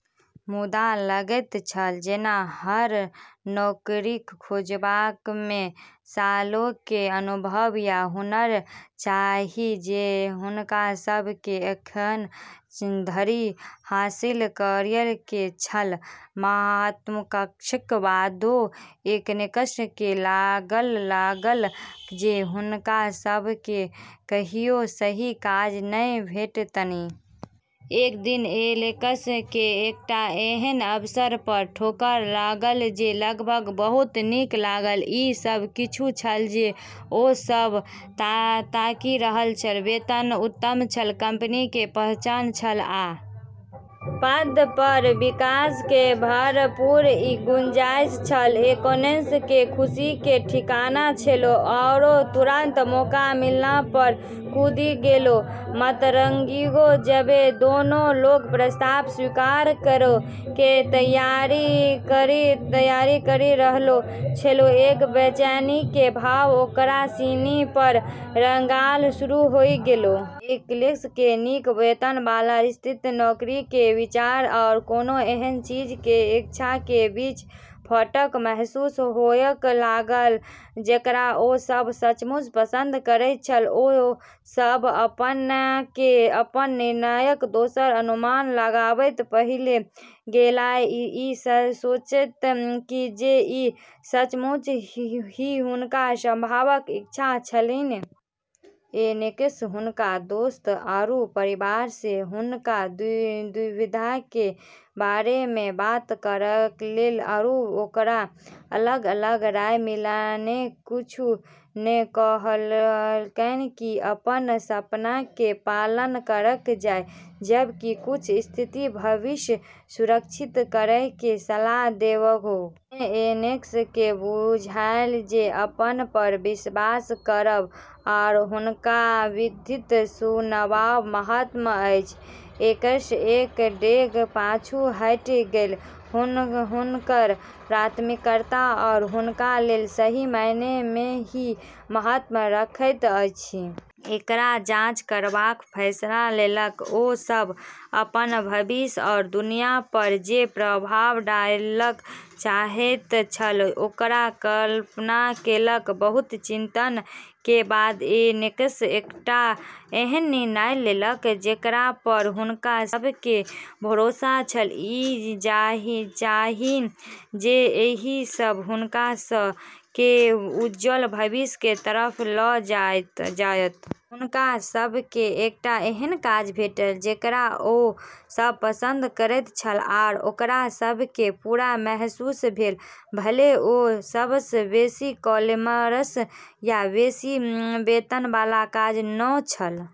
मुदा लगैत छल जेना हर नौकरी खुजबा मे सालों के अनुभव या हुनर चाही जे हुनका सब के एखन धरि हासिल करय के छल, महत्वाकांक्षाक बादो एलेक्स केँ लागय लागल जे हुनका सभ केँ कहियो सही काज नहि भेटतनि। एक दिन एलेक्स के एकटा एहन अवसर पर ठोकर लागल जे लगभग बहुत नीक लागल, ई सब किछु छल जे ओ सब ताकि रहल छल वेतन उत्तम छल, कंपनी के पहचान छल आ पद पर विकास के भरपूर गुंजाइश छल, एलेक्स के खुशी के ठिकाना छेलै आरो तुरंत मौका मिलला पर कूदी गेलै, मतरकि जबे दोनों लोग प्रस्ताव स्वीकार करै के तैयारी करी रहलो छेलै, एक बेचैनी के भाव ओकरा सिनी पर रेंगना शुरू होय गेलै। एलेक्स के नीक वेतन वाला स्थिर नौकरी के विचार आ कोनो एहन चीज के इच्छा के बीच फाटल महसूस होबय लागल जेकरा ओ सब सचमुच पसंद करैत छल ओ सभ अपना केँ अपन निर्णयक दोसर अनुमान लगाबैत पाबि गेलाह, ई सोचैत जे की सचमुच ई हुनका सभक इच्छा छलनि। एलेक्स हुनकऽ दोस्त आरू परिवार से हुनकऽ दुविधा के बारे मे बात करलकै आरू ओकरा अलग-अलग राय मिललै, कुछ नै कहलकै कि अपनऽ सपना के पालन करलऽ जाय जबकि कुछ स्थिर भविष्य सुरक्षित करै के सलाह देलकै। तखने एलेक्स के बुझायल जे अपना पर विश्वास करब आ हुनकर वृत्ति सुनबाक महत्व अछि, एलेक्स एक डेग पाछू हटि कए हुनकर प्राथमिकता आ हुनका लेल सही मायने मे की महत्व रखैत अछि, एकर जांच करबाक फैसला केलक ओ सब अपन भविष्य आ दुनिया पर जे प्रभाव डालय चाहैत छल ओकर कल्पना केलक, बहुत चिंतन के बाद एलेक्स एकटा एहन निर्णय लेलक जेकरा पर हुनका सब के भरोसा छल, ई जानि जे एहि स हुनका सब के उज्जवल भविष्य के तरफ ल जायत। हुनका सब के एकटा एहन काज भेटल जेकरा ओ सब पसंद करैत छल आ ओकरा सब के पूरा महसूस भेल, भले ओ सबस बेसी ग्लैमरस या बेसी वेतन वाला काज नै छल।